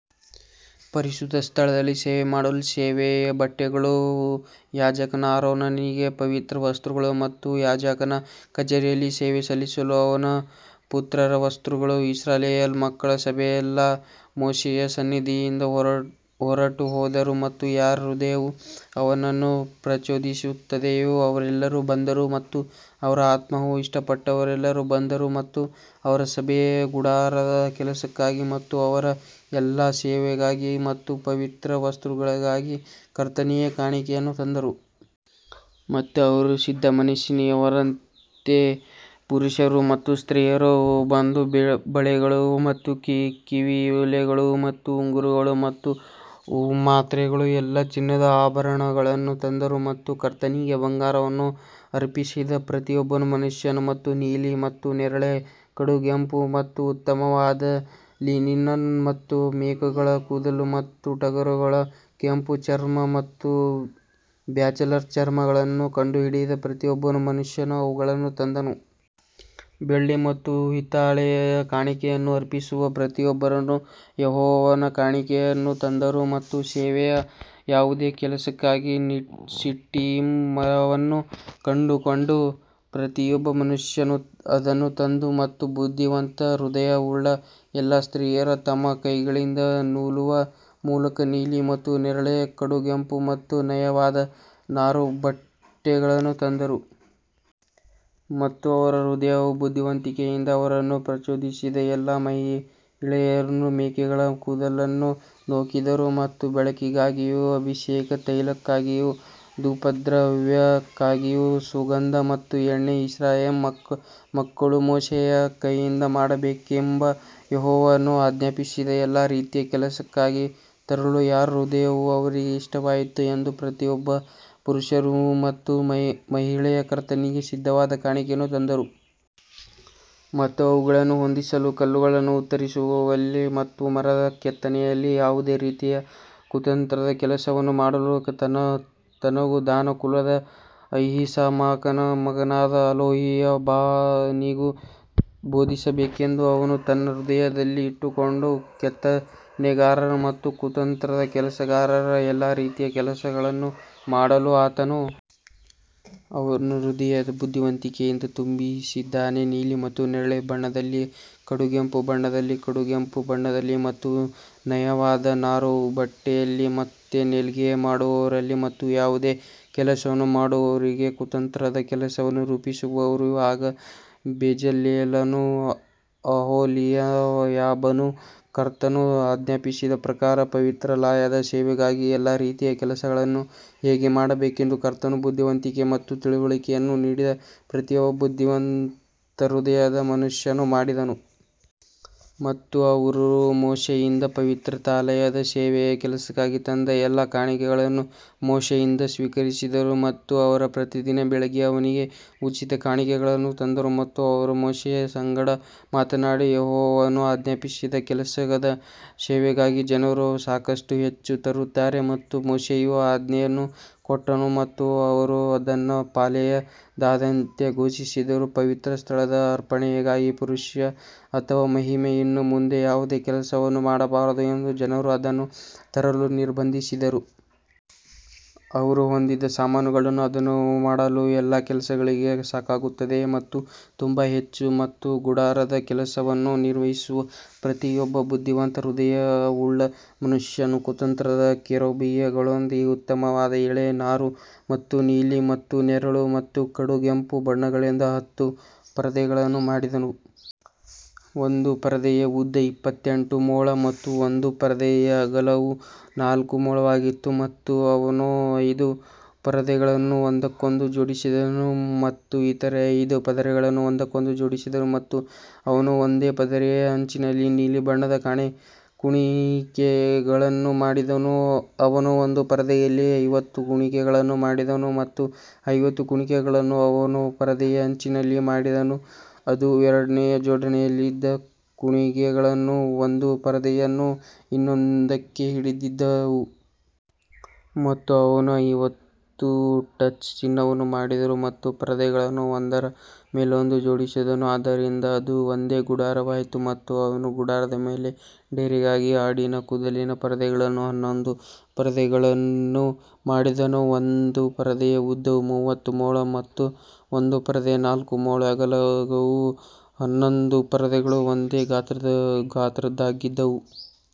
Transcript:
ಪರಿಶುದ್ಧ ಸ್ಥಳದಲ್ಲಿ ಸೇವೆ ಮಾಡಲು ಸೇವೆಯ ಬಟ್ಟೆಗಳು ಯಾಜಕ ಆರೋನನಿಗೆ ಪವಿತ್ರ ವಸ್ತ್ರಗಳು ಮತ್ತು ಯಾಜಕ ಕಚೇರಿಯಲ್ಲಿ ಸೇವೆ ಸಲ್ಲಿಸಲು ಅವನ ಪುತ್ರರ ವಸ್ತ್ರಗಳು ಇಸ್ರಾಯೇಲ್ ಮಕ್ಕಳ ಸಭೆಯೆಲ್ಲಾ ಮೋಶೆಯ ಸನ್ನಿಧಿಯಿಂದ ಹೊರಟುಹೋದರು ಮತ್ತು ಯಾರ ಹೃದಯವು ಅವನನ್ನು ಪ್ರಚೋದಿಸುತ್ತದೆಯೋ ಅವರೆಲ್ಲರೂ ಬಂದರು ಮತ್ತು ಅವರ ಆತ್ಮವು ಇಷ್ಟಪಟ್ಟವರೆಲ್ಲರೂ ಬಂದರು ಮತ್ತು ಅವರು ಸಭೆಯ ಗುಡಾರದ ಕೆಲಸಕ್ಕಾಗಿ ಮತ್ತು ಅವರ ಎಲ್ಲಾ ಸೇವೆಗಾಗಿ ಮತ್ತು ಪವಿತ್ರ ವಸ್ತ್ರಗಳಿಗಾಗಿ ಕರ್ತನಿಗೆ ಕಾಣಿಕೆಯನ್ನು ತಂದರು. ಮತ್ತು ಅವರು ಸಿದ್ಧಮನಸ್ಸಿನವರಂತೆ ಪುರುಷರು ಮತ್ತು ಸ್ತ್ರೀಯರು ಬಂದು ಬಳೆಗಳು ಮತ್ತು ಕಿವಿಯೋಲೆಗಳು ಮತ್ತು ಉಂಗುರಗಳು ಮತ್ತು ಮಾತ್ರೆಗಳು ಎಲ್ಲಾ ಚಿನ್ನದ ಆಭರಣಗಳನ್ನು ತಂದರು ಮತ್ತು ಕರ್ತನಿಗೆ ಬಂಗಾರವನ್ನು ಅರ್ಪಿಸಿದ ಪ್ರತಿಯೊಬ್ಬ ಮನುಷ್ಯನು. ಮತ್ತು ನೀಲಿ ಮತ್ತು ನೇರಳೆ, ಕಡುಗೆಂಪು ಮತ್ತು ಉತ್ತಮವಾದ ಲಿನಿನ್ ಮತ್ತು ಮೇಕೆಗಳ ಕೂದಲು ಮತ್ತು ಟಗರುಗಳ ಕೆಂಪು ಚರ್ಮ ಮತ್ತು ಬ್ಯಾಜರ್ಸ್ ಚರ್ಮಗಳನ್ನು ಕಂಡುಹಿಡಿದ ಪ್ರತಿಯೊಬ್ಬ ಮನುಷ್ಯನು ಅವುಗಳನ್ನು ತಂದನು. ಬೆಳ್ಳಿ ಮತ್ತು ಹಿತ್ತಾಳೆಯ ಕಾಣಿಕೆಯನ್ನು ಅರ್ಪಿಸುವ ಪ್ರತಿಯೊಬ್ಬರೂ ಯೆಹೋವನ ಕಾಣಿಕೆಯನ್ನು ತಂದರು ಮತ್ತು ಸೇವೆಯ ಯಾವುದೇ ಕೆಲಸಕ್ಕಾಗಿ ಶಿಟ್ಟಿಮ್ ಮರವನ್ನು ಕಂಡುಕೊಂಡ ಪ್ರತಿಯೊಬ್ಬ ಮನುಷ್ಯನು ಅದನ್ನು ತಂದನು. ಮತ್ತು ಬುದ್ಧಿವಂತ ಹೃದಯವುಳ್ಳ ಎಲ್ಲಾ ಸ್ತ್ರೀಯರು ತಮ್ಮ ಕೈಗಳಿಂದ ನೂಲುವ ಮೂಲಕ ನೀಲಿ ಮತ್ತು ನೇರಳೆ, ಕಡುಗೆಂಪು ಮತ್ತು ನಯವಾದ ನಾರುಬಟ್ಟೆಗಳನ್ನು ತಂದರು. ಮತ್ತು ಅವರ ಹೃದಯವು ಬುದ್ಧಿವಂತಿಕೆಯಿಂದ ಅವರನ್ನು ಪ್ರಚೋದಿಸಿದ ಎಲ್ಲಾ ಮಹಿಳೆಯರು ಮೇಕೆಗಳ ಕೂದಲನ್ನು ನೂಕಿದರು ಮತ್ತು ಬೆಳಕಿಗಾಗಿಯೂ ಅಭಿಷೇಕ ತೈಲಕ್ಕಾಗಿಯೂ ಧೂಪದ್ರವ್ಯಕ್ಕಾಗಿಯೂ ಸುಗಂಧ ಮತ್ತು ಎಣ್ಣೆ ಇಸ್ರಾಯೇಲ್ ಮಕ್ಕಳು ಮೋಶೆಯ ಕೈಯಿಂದ ಮಾಡಬೇಕೆಂದು ಯೆಹೋವನು ಆಜ್ಞಾಪಿಸಿದ ಎಲ್ಲಾ ರೀತಿಯ ಕೆಲಸಕ್ಕಾಗಿ ತರಲು ಯಾರ ಹೃದಯವು ಅವರಿಗೆ ಇಷ್ಟವಾಯಿತು ಎಂದು ಪ್ರತಿಯೊಬ್ಬ ಪುರುಷ ಮತ್ತು ಮಹಿಳೆ ಕರ್ತನಿಗೆ ಸಿದ್ಧವಾದ ಕಾಣಿಕೆಯನ್ನು ತಂದರು. ಮತ್ತು ಅವುಗಳನ್ನು ಹೊಂದಿಸಲು ಕಲ್ಲುಗಳನ್ನು ಕತ್ತರಿಸುವಲ್ಲಿ ಮತ್ತು ಮರದ ಕೆತ್ತನೆಯಲ್ಲಿ ಯಾವುದೇ ರೀತಿಯ ಕುತಂತ್ರದ ಕೆಲಸವನ್ನು ಮಾಡಲು ತನಗೂ ದಾನ್ ಕುಲದ ಅಹೀಸಾಮಾಕನ ಮಗನಾದ ಅಹೋಲಿಯಾಬನಿಗೂ ಬೋಧಿಸಬೇಕೆಂದು ಅವನು ತನ್ನ ಹೃದಯದಲ್ಲಿ ಇಟ್ಟುಕೊಂಡನು. ಕೆತ್ತನೆಗಾರನ ಮತ್ತು ಕುತಂತ್ರದ ಕೆಲಸಗಾರನ ಎಲ್ಲಾ ರೀತಿಯ ಕೆಲಸಗಳನ್ನು ಮಾಡಲು ಆತನು ಅವರನ್ನು ಹೃದಯದ ಬುದ್ಧಿವಂತಿಕೆಯಿಂದ ತುಂಬಿಸಿದ್ದಾನೆ, ನೀಲಿ ಮತ್ತು ನೇರಳೆ ಬಣ್ಣದಲ್ಲಿ ಕಡುಗೆಂಪು ಬಣ್ಣದಲ್ಲಿ ಕಡುಗೆಂಪು ಬಣ್ಣದಲ್ಲಿ ಮತ್ತು ನಯವಾದ ನಾರುಬಟ್ಟೆಯಲ್ಲಿ ಮತ್ತು ನೇಯ್ಗೆ ಮಾಡುವವರಲ್ಲಿ ಮತ್ತು ಯಾವುದೇ ಕೆಲಸವನ್ನು ಮಾಡುವವರಿಗೆ ಕುತಂತ್ರದ ಕೆಲಸವನ್ನು ರೂಪಿಸುವವರು ಆಗ ಬೆಜಲೇಲನೂ ಅಹೋಲಿಯಾಬನೂ ಕರ್ತನು ಆಜ್ಞಾಪಿಸಿದ ಪ್ರಕಾರ ಪವಿತ್ರಾಲಯದ ಸೇವೆಗಾಗಿ ಎಲ್ಲಾ ರೀತಿಯ ಕೆಲಸಗಳನ್ನು ಹೇಗೆ ಮಾಡಬೇಕೆಂದು ಕರ್ತನು ಬುದ್ಧಿವಂತಿಕೆ ಮತ್ತು ತಿಳುವಳಿಕೆಯನ್ನು ನೀಡಿದ ಪ್ರತಿಯೊಬ್ಬ ಬುದ್ಧಿವಂತ ಹೃದಯದ ಮನುಷ್ಯನು ಮಾಡಿದನು. ಮತ್ತು ಅವರು ಮೋಶೆಯಿಂದ ಪವಿತ್ರಾಲಯದ ಸೇವೆಯ ಕೆಲಸಕ್ಕಾಗಿ ತಂದ ಎಲ್ಲಾ ಕಾಣಿಕೆಗಳನ್ನು ಮೋಶೆಯಿಂದ ಸ್ವೀಕರಿಸಿದರು ಮತ್ತು ಅವರು ಪ್ರತಿದಿನ ಬೆಳಿಗ್ಗೆ ಅವನಿಗೆ ಉಚಿತ ಕಾಣಿಕೆಗಳನ್ನು ತಂದರು. ಮತ್ತು ಅವರು ಮೋಶೆಯ ಸಂಗಡ ಮಾತನಾಡಿ, ಯೆಹೋವನು ಆಜ್ಞಾಪಿಸಿದ ಕೆಲಸದ ಸೇವೆಗಾಗಿ ಜನರು ಸಾಕಷ್ಟು ಹೆಚ್ಚು ತರುತ್ತಾರೆ. ಮತ್ತು ಮೋಶೆಯು ಆಜ್ಞೆಯನ್ನು ಕೊಟ್ಟನು ಮತ್ತು ಅವರು ಅದನ್ನು ಪಾಳೆಯದಾದ್ಯಂತ ಘೋಷಿಸಿದರು, ಪವಿತ್ರ ಸ್ಥಳದ ಅರ್ಪಣೆಗಾಗಿ ಪುರುಷ ಅಥವಾ ಮಹಿಳೆ ಇನ್ನು ಮುಂದೆ ಯಾವುದೇ ಕೆಲಸವನ್ನು ಮಾಡಬಾರದು ಎಂದು ಜನರು ಅದನ್ನು ತರಲು ನಿರ್ಬಂಧಿಸಿದರು. ಅವರು ಹೊಂದಿದ್ದ ಸಾಮಾನುಗಳು ಅದನ್ನು ಮಾಡಲು ಎಲ್ಲಾ ಕೆಲಸಗಳಿಗೆ ಸಾಕಾಗುತ್ತದೆ ಮತ್ತು ತುಂಬಾ ಹೆಚ್ಚು ಮತ್ತು ಗುಡಾರದ ಕೆಲಸವನ್ನು ನಿರ್ವಹಿಸುವ ಪ್ರತಿಯೊಬ್ಬ ಬುದ್ಧಿವಂತ ಹೃದಯವುಳ್ಳ ಮನುಷ್ಯನು ಕುತಂತ್ರದ ಕೆರೂಬಿಗಳೊಂದಿಗೆ ಉತ್ತಮವಾದ ಎಳೆ ನಾರು ಮತ್ತು ನೀಲಿ ಮತ್ತು ನೇರಳೆ ಮತ್ತು ಕಡುಗೆಂಪು ಬಣ್ಣಗಳಿಂದ ಹತ್ತು ಪರದೆಗಳನ್ನು ಮಾಡಿದನು. ಒಂದು ಪರದೆಯ ಉದ್ದ ಇಪ್ಪತ್ತೆಂಟು ಮೊಳ ಮತ್ತು ಒಂದು ಪರದೆಯ ಅಗಲವು ನಾಲ್ಕು ಮೊಳವಾಗಿತ್ತು. ಮತ್ತು ಅವನು ಐದು ಪರದೆಗಳನ್ನು ಒಂದಕ್ಕೊಂದು ಜೋಡಿಸಿದನು ಮತ್ತು ಇತರ ಐದು ಪರದೆಗಳನ್ನು ಒಂದಕ್ಕೊಂದು ಜೋಡಿಸಿದನು ಮತ್ತು ಅವನು ಒಂದು ಪರದೆಯ ಅಂಚಿನಲ್ಲಿ ನೀಲಿ ಬಣ್ಣದ ಕುಣಿಕೆಗಳನ್ನು ಮಾಡಿದನು. ಅವನು ಒಂದು ಪರದೆಯಲ್ಲಿ ಐವತ್ತು ಕುಣಿಕೆಗಳನ್ನು ಮಾಡಿದನು ಮತ್ತು ಐವತ್ತು ಕುಣಿಕೆಗಳನ್ನು ಅವನು ಪರದೆಯ ಅಂಚಿನಲ್ಲಿ ಮಾಡಿದನು, ಅದು ಎರಡನೆಯ ಜೋಡಣೆಯಲ್ಲಿದ್ದ ಕುಣಿಕೆಗಳು ಒಂದು ಪರದೆಯನ್ನು ಇನ್ನೊಂದಕ್ಕೆ ಹಿಡಿದಿದ್ದವು. ಮತ್ತು ಅವನು ಐವತ್ತು ಟಚ್ ಚಿನ್ನವನ್ನು ಮಾಡಿದನು ಮತ್ತು ಪರದೆಗಳನ್ನು ಒಂದರ ಮೇಲೊಂದು ಜೋಡಿಸಿದನು, ಆದ್ದರಿಂದ ಅದು ಒಂದೇ ಗುಡಾರವಾಯಿತು. ಮತ್ತು ಅವನು ಗುಡಾರದ ಮೇಲೆ ಡೇರೆಗಾಗಿ ಆಡಿನ ಕೂದಲಿನ ಪರದೆಗಳನ್ನು ಹನ್ನೊಂದು ಪರದೆಗಳನ್ನು ಮಾಡಿದನು. ಒಂದು ಪರದೆಯ ಉದ್ದವು ಮೂವತ್ತು ಮೊಳ ಮತ್ತು ಒಂದು ಪರದೆಯ ನಾಲ್ಕು ಮೊಳ ಅಗಲವು ಹನ್ನೊಂದು ಪರದೆಗಳು ಒಂದೇ ಗಾತ್ರದ್ದಾಗಿದ್ದವು.